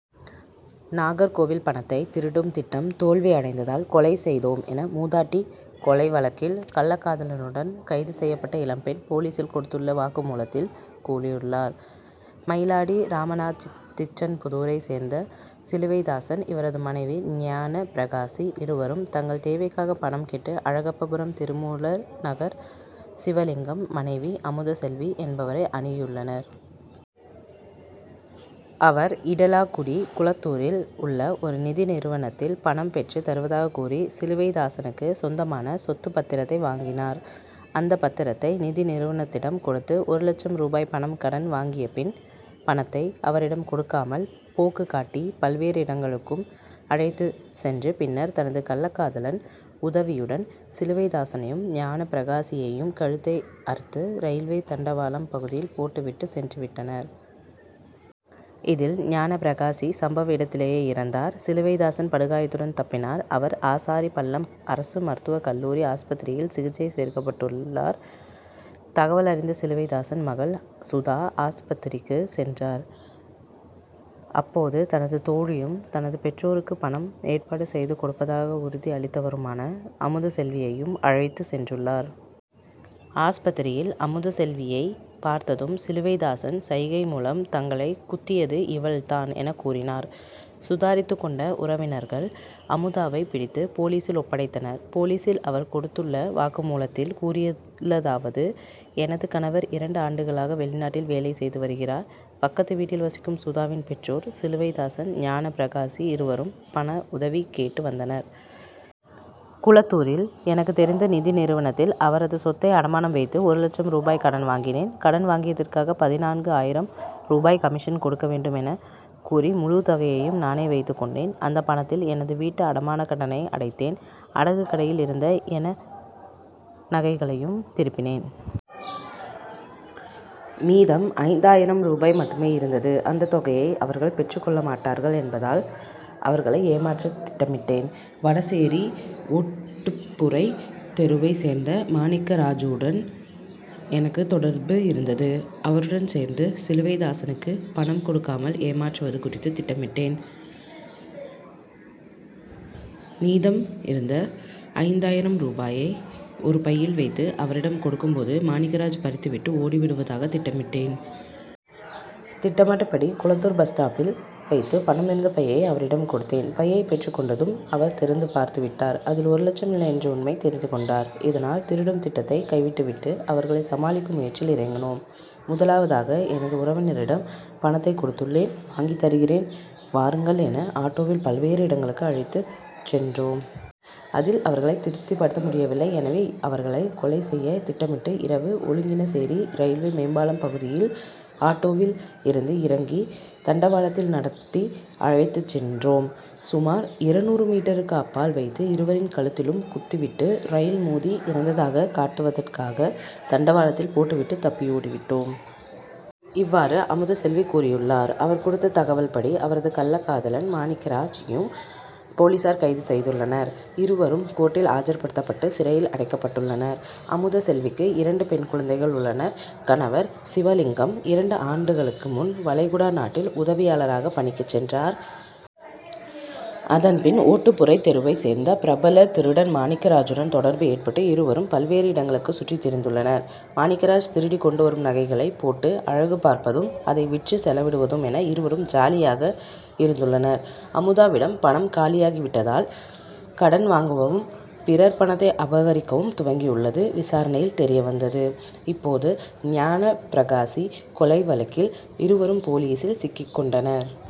நாகர்கோவில் பணத்தை திருடும் திட்டம் தோல்வி அடைந்ததால் கொலை செய்தோம் என மூதாட்டி கொலை வழக்கில் கள்ளகாதலனுடன் கைது செய்யப்பட்ட இளம் பெண் போலீசில் கொடுத்துள்ள வாக்குமூலத்தில் கூறியுள்ளார். மயிலாடி ராமனாதிச்சன்புதூரை சேர்ந்த சிலுவைதாசன் இவரது மனைவி ஞானபிரகாசி. இருவரும் தங்கள் தேவைக்காக பணம் கேட்டு அழகப்பபுரம் திருமூலநகர் சிவலிங்கம் மனைவி அமுதசெல்வி என்பவரை அணுகியுள்ளனர். அவர் இடலாக்குடி குளத்தூரில் உள்ள ஒரு நிதி நிறுவனத்தில் பணம் பெற்று தருவதாக கூறி சிலுவைதாசனுக்கு சொந்தமான சொத்து பத்திரத்தை வாங்கினார். அந்த பத்திரத்தை நிதி நிறுவனத்திடம் கொடுத்து ஒரு லட்சம் ரூபாய் பணம் கடன் வாங்கியபின் பணத்தை அவரிடம் கொடுக்காமல் போக்கு காட்டி பல்வேறு இடங்களுக்கும் அழைத்து சென்று பின்னர் தனது கள்ளகாதலன் உதவியுடன் சிலுவைதாசனையும் ஞானபிரகாசியையும் கழுத்தை அறுத்து ரயில்வே தண்டவாளம் பகுதியில் போட்டுவிட்டு சென்றுவிட்டனர். இதில் ஞானபிரகாசி சம்பவ இடத்திலேயே இறந்தார். சிலுவைதாசன் படுகாயத்துடன் தப்பினார். அவர் ஆசாரிபள்ளம் அரசு மருத்துவ கல்லூரி ஆஸ்பத்திரியில் சிகிச்சை சேர்க்கப்பட்டுள்ளார். தகவல் அறிந்த சிலுவைதாசன் மகள் சுதா ஆஸ்பத்திரிக்கு சென்றார். அப்போது தனது தோழியும் தனது பெற்றோருக்கு பணம் ஏற்பாடு செய்து கொடுப்பதாக உறுதி அளித்தவருமான அமுதசெல்வியையும் அழைத்து சென்றுள்ளார். ஆஸ்பத்திரியில் அமுதசெல்வியை பார்த்ததும் சிலுவைதாசன் சைகைமூலம் தங்களை குத்தியது இவள்தான் என கூறினார். சுதாரித்துக்கொண்ட உறவினர்கள் அமுதாவை பிடித்து போலீசில் ஒப்படைத்தனர். போலீசில் அவர் கொடுத்துள்ள வாக்குமூலத்தில் கூறியுள்ளதாவது எனது கணவர் இரண்டு ஆண்டுகளாக வெளிநாட்டில் வேலை செய்து வருகிறார். பக்கத்துவீட்டில் வசிக்கும் சுதாவின் பெற்றோர் சிலுவைதாசன் ஞானபிரகாசி இருவரும் பண உதவி கேட்டு வந்தனர். குளத்தூரில் எனக்கு தெரிந்த நிதி நிறுவனத்தில் அவரது சொத்தை அடமானம் வைத்து ஒரு லட்சம் ரூபாய் கடன் வாங்கினேன். கடன் வாங்கியதற்காக பதினான்கு ஆயிரம் ரூபாய் கமிஷன் கொடுக்க வேண்டும் என கூறி முழு தொகையையும் நானே வைத்துக்கொண்டேன். அந்த பணத்தில் எனது வீட்டு அடமான கடனை அடைத்தேன் அடகு கடையில் இருந்த என நகைகளையும் திருப்பினேன். மீதம் ஐந்து ஆயிரம் ரூபாய் மட்டுமே இருந்தது. அந்த தொகையை அவர்கள் பெற்றுக்கொள்ள மாட்டார்கள் என்பதால் அவர்களை ஏமாற்ற திட்டமிட்டேன். வடசேரி ஓட்டுப்புரை தெருவை சேர்ந்த மாணிக்கராஜூடன் எனக்கு தொடர்பு இருந்தது. அவருடன் சேர்ந்து சிலுவைதாசனுக்கு பணம் கொடுக்காமல் ஏமாற்றுவது குறித்து திட்டமிட்டேன். மீதம் இருந்த ஐந்து ஆயிரம் ரூபாயை ஒரு பையில் வைத்து அவரிடம் கொடுக்கும்போது மாணிக்கராஜ் பறித்துவிட்டு ஓடிவிடுவதாக திட்டமிட்டேன். திட்டமிட்டபடி குளத்தூர் பஸ் ஸ்டாப்பில் வைத்து பணம் இருந்த பையை அவரிடம் கொடுத்தேன். பையை பெற்றுக்கொண்டதும் அவர் திறந்து பார்த்துவிட்டார். அதில் ஒரு லட்சம் இல்லை என்ற உண்மையை தெரிந்துக்கொண்டார். இதனால் திருடும் திட்டத்தை கைவிட்டுவிட்டு அவர்களை சமாளிக்கும் முயற்சியில் இறங்கினோம். முதலாவதாக எனது உறவினரிடம் பணத்தை கொடுத்துள்ளேன் வாங்கி தருகிறேன் வாருங்கள் என ஆட்டோவில் பல்வேறு இடங்களுக்கு அழைத்து சென்றோம். அதில் அவர்களை திருப்திப்படுத்த முடியவில்லை. எனவே அவர்களை கொலை செய்ய திட்டமிட்டு இரவு ஒழுகினசேரி ரயில்வே மேம்பாலம் பகுதியில் ஆட்டோவில் இருந்து இறங்கி தண்டவாளத்தில் நடத்தி அழைத்து சென்றோம். சுமார் இருநூறு மீட்டருக்கு அப்பால் வைத்து இருவரின் கழுத்திலும் குத்திவிட்டு ரயில் மோதி இறந்ததாக காட்டுவதற்காக தண்டவாளத்தில் போட்டுவிட்டு தப்பியோடிவிட்டோம். இவ்வாறு அமுதசெல்வி கூறியுள்ளார். அவர் கொடுத்த தகவல்படி அவரது கள்ளகாதலன் மாணிக்கராஜ் யும் போலீசார் கைது செய்துள்ளனர். இருவரும் கோர்டில் ஆஜர்படுத்தப்பட்டு சிறையில் அடைக்கப்பட்டுள்ளனர். அமுதசெல்விக்கு இரண்டு பெண் குழந்தைகள் உள்ளனர். கணவர் சிவலிங்கம் இரண்டு ஆண்டுகளுக்கு முன் வளைகுடா நாட்டில் உதவியாளராக பணிக்கு சென்றார். அதன்பின் ஓட்டுப்புரை தெருவை சேர்ந்த பிரபல திருடன் மாணிக்கராஜுடன் தொடர்பு ஏற்பட்டு இருவரும் பல்வேறு இடங்களுக்கு சுற்றி திரிந்துள்ளனர். மாணிக்கராஜ் திருடி கொண்டு வரும் நகைகளை போட்டு அழகு பார்ப்பதும் அதை விற்று செலவிடுவதும் என இருவரும் ஜாலியாக இருந்துள்ளனர். அமுதாவிடம் பணம் காலியாகிவிட்டதால் கடன் வாங்குவும் பிறர் பணத்தை அபகரிக்கவும் துவங்கியுள்ளது விசாரணையில் தெரியவந்தது. இப்போது ஞானபிரகாசி கொலை வழக்கில் இருவரும் போலீசில் சிக்கிக்கொண்டனர்.